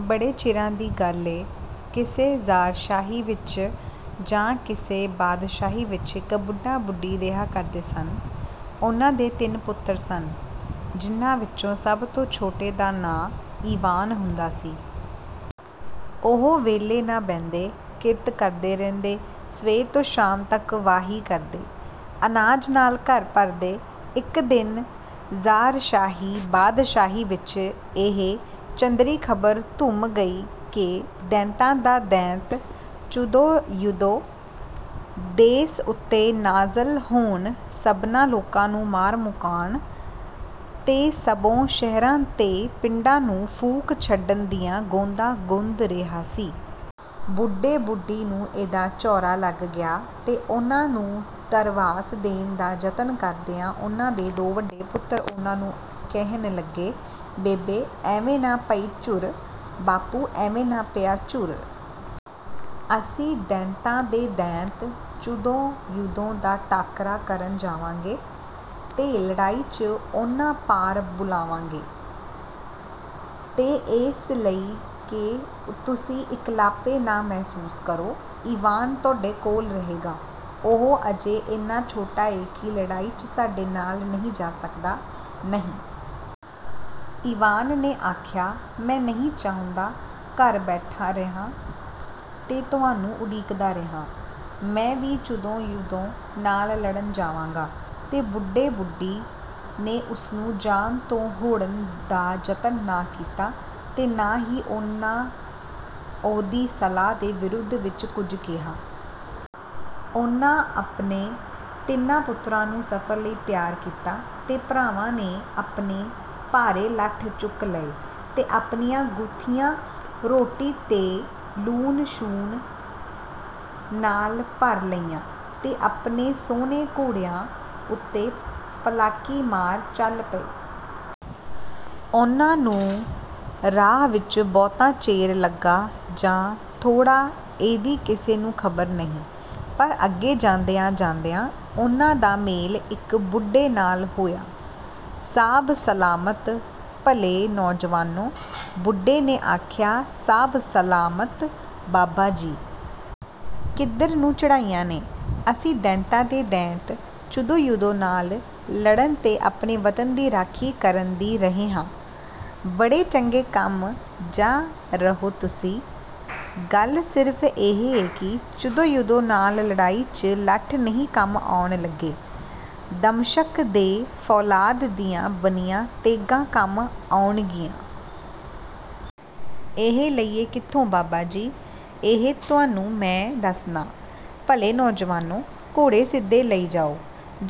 ਬੜੇ ਚਿਰਾਂ ਦੀ ਗਲ ਏ, ਕਿਸੇ ਜ਼ਾਰਸ਼ਾਹੀ ਵਿਚ ਜਾਂ ਕਿਸੇ ਬਾਦਸ਼ਾਹੀ ਵਿਚ, ਇਕ ਬੁੱਢਾ ਬੁੱਢੀ ਰਿਹਾ ਕਰਦੇ ਸਨ। ਉਹਨਾਂ ਦੇ ਤਿੰਨ ਪੁੱਤਰ ਸਨ, ਜਿਨ੍ਹਾਂ ਵਿਚੋਂ ਸਭ ਤੋਂ ਛੋਟੇ ਦਾ ਨਾਂ ਈਵਾਨ ਹੁੰਦਾ ਸੀ। ਉਹ ਵਿਹਲੇ ਨਾ ਬਹਿੰਦੇ, ਕਿਰਤ ਕਰਦੇ ਰਹਿੰਦੇ, ਸਵੇਰ ਤੋਂ ਸ਼ਾਮ ਤੱਕ ਵਾਹੀ ਕਰਦੇ, ਅਨਾਜ ਨਾਲ ਘਰ ਭਰਦੇ। ਇੱਕ ਦਿਨ ਜ਼ਾਰਸ਼ਾਹੀ-ਬਾਦਸ਼ਾਹੀ ਵਿੱਚ ਇਹ ਚੰਦਰੀ ਖ਼ਬਰ ਧੁੰਮ ਗਈ ਕਿ ਦੈਂਤਾਂ ਦਾ ਦੈਂਤ, ਚੁਦੋ-ਯੁਦੋ, ਦੇਸ ਉੱਤੇ ਨਾਜ਼ਲ ਹੋਣ, ਸਭਨਾਂ ਲੋਕਾਂ ਨੂੰ ਮਾਰ ਮੁਕਾਣ ਤੇ ਸਭੋ ਸ਼ਹਿਰਾਂ ਤੇ ਪਿੰਡਾਂ ਨੂੰ ਫੂਕ ਛੱਡਣ ਦੀਆਂ ਗੋਂਦਾਂ ਗੁੰਦ ਰਿਹਾ ਸੀ। ਬੁੱਢੇ-ਬੁੱਢੀ ਨੂੰ ਇਹਦਾ ਝੋਰਾ ਲੱਗ ਗਿਆ, ਤੇ ਉਹਨਾਂ ਨੂੰ ਧਰਵਾਸ ਦੇਣ ਦਾ ਜਤਨ ਕਰਦਿਆਂ, ਉਹਨਾਂ ਦੇ ਦੋ ਵੱਡੇ ਪੁੱਤਰ ਉਹਨਾਂ ਨੂੰ ਕਹਿਣ ਲੱਗੇ: "ਬੇਬੇ, ਐਵੇਂ ਨਾ ਪਈ ਝੁਰ, ਬਾਪੂ, ਐਵੇਂ ਨਾ ਪਿਆ ਝੁਰ! ਅਸੀਂ ਦੈਤਾਂ ਦੇ ਦੈਂਤ, ਚੁਦੋ-ਯੁਦੋ, ਦਾ ਟਾਕਰਾ ਕਰਨ ਜਾਵਾਂਗੇ, ਤੇ ਲੜਾਈ 'ਚ ਉਹਨਾਂ ਪਾਰ ਬੁਲਾਵਾਂਗੇ! ਤੇ ਏਸ ਲਈ ਕਿ ਤੁਸੀਂ ਇਕਲਾਪੇ ਨਾ ਮਹਿਸੂਸ ਕਰੋ, ਈਵਾਨ ਤੁਹਾਡੇ ਕੋਲ ਰਹੇਗਾ। ਉਹ ਅਜੇ ਏਨਾ ਛੋਟਾ ਏ ਕਿ ਲੜਾਈ 'ਚ ਸਾਡੇ ਨਾਲ ਨਹੀਂ ਜਾ ਸਕਦਾ।""ਨਹੀਂ," ਈਵਾਨ ਨੇ ਆਖਿਆ। "ਮੈਂ ਨਹੀਂ ਚਾਹੁੰਦਾ, ਘਰ ਬੈਠਾ ਰਿਹਾਂ ਤੇ ਤੁਹਾਨੂੰ ਉਡੀਕਦਾ ਰਿਹਾਂ। ਮੈਂ ਵੀ ਚੁਦੋ-ਯੁਦੋ ਨਾਲ ਲੜਨ ਜਾਵਾਂਗਾ!" ਤੇ ਬੁੱਢੇ-ਬੁੱਢੀ ਨੇ ਉਸਨੂੰ ਜਾਣ ਤੋਂ ਹੋੜਨ ਦਾ ਜਤਨ ਨਾ ਕੀਤਾ, ਤੇ ਨਾ ਹੀ ਉਹਨਾਂ ਉਹਦੀ ਸਲਾਹ ਦੇ ਵਿਰੋਧ ਵਿੱਚ ਕੁਝ ਕਿਹਾ। ਉਹਨਾਂ ਆਪਣੇ ਤਿੰਨਾਂ ਪੁੱਤਰਾਂ ਨੂੰ ਸਫ਼ਰ ਲਈ ਤਿਆਰ ਕੀਤਾ, ਤੇ ਭਰਾਵਾਂ ਨੇ ਆਪਣੇ ਭਾਰੇ ਲੱਠ ਚੁੱਕ ਲਏ ਤੇ ਆਪਣੀਆਂ ਗੁੱਥੀਆਂ ਰੋਟੀ ਤੇ ਲੂਣ-ਸ਼ੂਣ ਨਾਲ ਭਰ ਲਈਆਂ, ਤੇ ਆਪਣੇ ਸੁਹਣੇ ਘੋੜਿਆਂ ਉੱਤੇ ਪਲਾਕੀ ਮਾਰ, ਚੱਲ ਪਏ। ਉਹਨਾਂ ਨੂੰ ਰਾਹ ਵਿੱਚ ਬਹੁਤਾ ਚਿਰ ਲੱਗਾ ਜਾਂ ਥੋੜ੍ਹਾ, ਇਹਦੀ ਕਿਸੇ ਨੂੰ ਖ਼ਬਰ ਨਹੀਂ, ਪਰ ਅੱਗੇ ਜਾਂਦਿਆਂ-ਜਾਂਦਿਆਂ ਉਹਨਾਂ ਦਾ ਮੇਲ ਇੱਕ ਬੁੱਢੇ ਨਾਲ ਹੋਇਆ। "ਸਾਬ ਸਲਾਮਤ, ਭਲੇ ਨੌਜਵਾਨੋ! " ਬੁੱਢੇ ਨੇ ਆਖਿਆ। "ਸਾਬ ਸਲਾਮਤ, ਬਾਬਾ ਜੀ!" "ਕਿੱਧਰ ਨੂੰ ਚੜ੍ਹਾਈਆਂ ਨੇ?" "ਅਸੀਂ ਦੈਂਤਾਂ ਦੇ ਦੈਂਤ, ਚੁਦੋ-ਯੁਦੋ, ਨਾਲ ਲੜਨ, ਤੇ ਆਪਣੇ ਵਤਨ ਦੀ ਰਾਖੀ ਕਰਨ ਦੀ ਰਹੇ ਹਾਂ।" "ਬੜੇ ਚੰਗੇ ਕੰਮ ਜਾ ਰਹੋ ਤੁਸੀਂ! ਗੱਲ ਸਿਰਫ਼ ਇਹ ਏ ਕਿ ਚੁਦੋ-ਯੁਦੋ ਨਾਲ ਲੜਾਈ 'ਚ ਲੱਠ ਨਹੀਂ ਕੰਮ ਆਉਣ ਲੱਗੇ, ਦਮਸ਼ਕ ਦੇ ਫ਼ੌਲਾਦ ਦੀਆਂ ਬਣੀਆਂ ਤੇਗ਼ਾਂ ਕੰਮ ਆਉਣਗੀਆਂ।" "ਇਹ ਲਈਏ ਕਿੱਥੋਂ, ਬਾਬਾ ਜੀ?" "ਇਹ ਤੁਹਾਨੂੰ ਮੈਂ ਦੱਸਨਾਂ। ਭਲੇ ਨੌਜਵਾਨੋ, ਘੋੜੇ ਸਿੱਧੇ ਲਈ ਜਾਓ,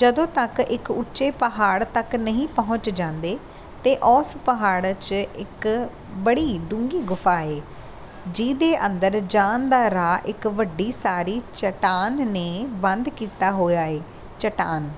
ਜਦੋਂ ਤੱਕ ਇੱਕ ਉੱਚੇ ਪਹਾੜ ਤੱਕ ਨਹੀਂ ਪਹੁੰਚ ਜਾਂਦੇ। ਤੇ ਓਸ ਪਹਾੜ 'ਚ ਇੱਕ ਬੜੀ ਡੂੰਘੀ ਗੁਫ਼ਾ ਏ, ਜਿਹਦੇ ਅੰਦਰ ਜਾਣ ਦਾ ਰਾਹ ਇੱਕ ਵੱਡੀ ਸਾਰੀ ਚਟਾਨ ਨੇ ਬੰਦ ਕੀਤਾ ਹੋਇਆ ਏ। ਚਟਾਨ